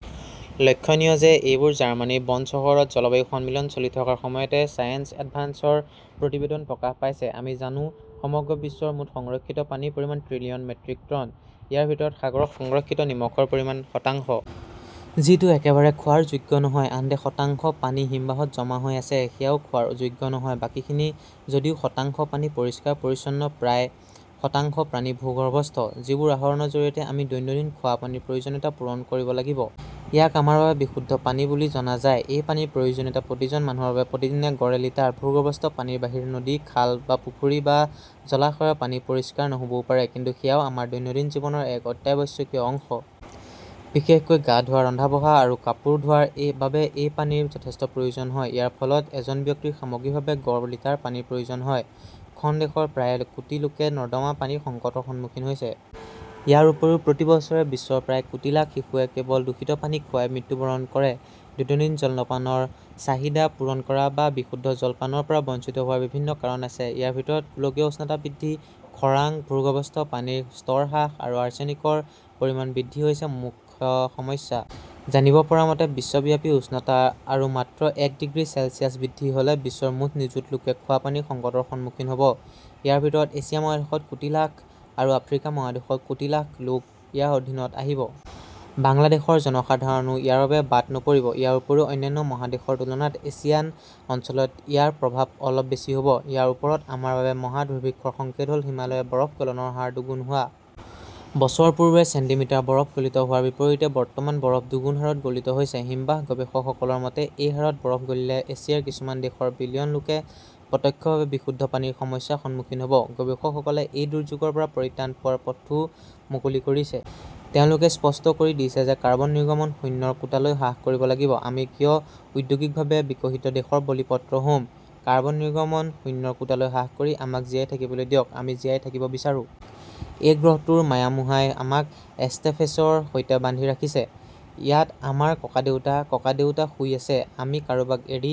লক্ষণীয় যে এইবোৰ জাৰ্মানীৰ বন চহৰত জলবায়ু সন্মিলন চলি থকাৰ সময়তে ছায়েন্স এডভান্সছৰ প্ৰতিবেদনত প্ৰকাশ পাইছে। আমি জানো, সমগ্ৰ বিশ্বৰ মুঠ সংৰক্ষিত পানীৰ পৰিমাণ ট্ৰিলিয়ন মেট্ৰিক টন। ইয়াৰ ভিতৰত সাগৰত সংৰক্ষিত নিমখৰ পৰিমাণ শতাংশ। যিটো একেবাৰে খোৱাৰ যোগ্য নহয়। আনহাতে, শতাংশ পানী হিমবাহত জমা হৈ আছে। সেয়াও খোৱাৰ যোগ্য নহয়। বাকীখিনি। যদিও শতাংশ পানী পৰিষ্কাৰ-পৰিচ্ছন্ন, প্ৰায়। শতাংশ পানী ভূগৰ্ভস্থ। যিবোৰ আহৰণৰ জৰিয়তে আমি দৈনন্দিন খোৱা পানীৰ প্ৰয়োজনীয়তা পূৰণ কৰিব লাগিব। ইয়াক আমাৰ বাবে বিশুদ্ধ পানী বুলি জনা যায়। এই পানীৰ প্ৰয়োজনীয়তা প্ৰতিজন মানুহৰ বাবে প্ৰতিদিনে গড়ে লিটাৰ। ভূগৰ্ভস্থ পানীৰ বাহিৰে নদী, খাল বা পুখুৰী বা জলাশয়ৰ পানী পৰিষ্কাৰ নহ 'বও পাৰে। কিন্তু সেয়াও আমাৰ দৈনন্দিন জীৱনৰ এক অত্যাৱশ্যকীয় অংশ। বিশেষকৈ গা ধোৱা, ৰন্ধা-বঢ়া আৰু কাপোৰ ধোৱাৰ বাবে এই পানীৰ যথেষ্ট প্ৰয়োজন হয়। ইয়াৰ ফলত এজন ব্যক্তিৰ সামগ্ৰিকভাৱে গড় লিটাৰ পানীৰ প্ৰয়োজন হয়। খন দেশৰ প্ৰায় কোটি লোকে নৰ্দমা পানীৰ সংকটৰ সন্মুখীন হৈছে। ইয়াৰ উপৰিও প্ৰতি বছৰে বিশ্বৰ প্ৰায় কোটি লাখ শিশুৱে কেৱল দূষিত পানী খোৱাই মৃত্যুবৰণ কৰে। দৈনন্দিন জলপানৰ চাহিদা পূৰণ কৰা বা বিশুদ্ধ জলপানৰ পৰা বঞ্চিত হোৱাৰ বিভিন্ন কাৰণ আছে। ইয়াৰ ভিতৰত গোলকীয় উষ্ণতা বৃদ্ধি, খৰাং, ভূগৰ্ভস্থ পানীৰ স্তৰ হ্ৰাস বা আৰ্ছেনিকৰ পৰিমাণ বৃদ্ধি হৈছে মুখ্য সমস্যা। জানিব পৰা মতে, বিশ্বব্যাপী উষ্ণতা আৰু মাত্ৰ এক ডিগ্ৰী চেলছিয়াছ বৃদ্ধি হ "লে বিশ্বৰ মুঠ নিযুত লোকে খোৱা পানীৰ সংকটৰ সন্মুখীন হ" ব। ইয়াৰ ভিতৰত এছিয়া মহাদেশত কোটি লাখ আৰু আফ্ৰিকা মহাদেশত কোটি লাখ লোক ইয়াৰ অধীনত আহিব। বাংলাদেশৰ জনসাধাৰণো ইয়াৰ পৰা বাদ নপৰিব। ইয়াৰ উপৰিও অন্যান্য মহাদেশৰ তুলনাত এছিয়ান অঞ্চলত ইয়াৰ প্ৰভাৱ অলপ বেছি হ "ব। ইয়াৰ ওপৰত আমাৰ বাবে মহা দুৰ্ভিক্ষৰ সংকেত হ "ল হিমালয়ৰ বৰফ গলনৰ হাৰ দুগুণ হোৱা। বছৰ পূৰ্বে চেণ্টিমিটাৰ বৰফ গলিত হোৱাৰ বিপৰীতে বৰ্তমান বৰফ দুগুণ হাৰত গলিত হৈছে। হিমবাহ গৱেষকসকলৰ মতে-এই হাৰত বৰফ গলিলে এছিয়াৰ কিছুমান দেশৰ বিলিয়ন লোকে প্ৰত্যক্ষভাৱে বিশুদ্ধ পানীৰ সমস্যাৰ সন্মুখীন হ 'ব। গৱেষকসকলে এই দুৰ্যোগৰ পৰা পৰিত্ৰাণ পোৱাৰ পথও মুকলি কৰিছে। তেওঁলোকে স্পষ্ট কৰি দিছে যে কাৰ্বন নিৰ্গমন শূন্যৰ কোটালৈ হ্ৰাস কৰিব লাগিব। আমি কিয় ঔদ্যোগিকভাৱে বিকশিত দেশৰ বলিপত্ৰ হ 'ম! কাৰ্বন নিৰ্গমন শূন্যৰ কোটালৈ হ্ৰাস কৰি আমাক জীয়াই থাকিবলৈ দিয়ক; আমি জীয়াই থাকিব বিচাৰো। এই গ্ৰহটোৰ মায়ামোহাই আমাক এষ্টেফেচৰ সৈতে বান্ধি ৰাখিছে। ইয়াত আমাৰ ককাদেউতা-ককাদেউতা শুই আছে। আমি কাৰোবাক এৰি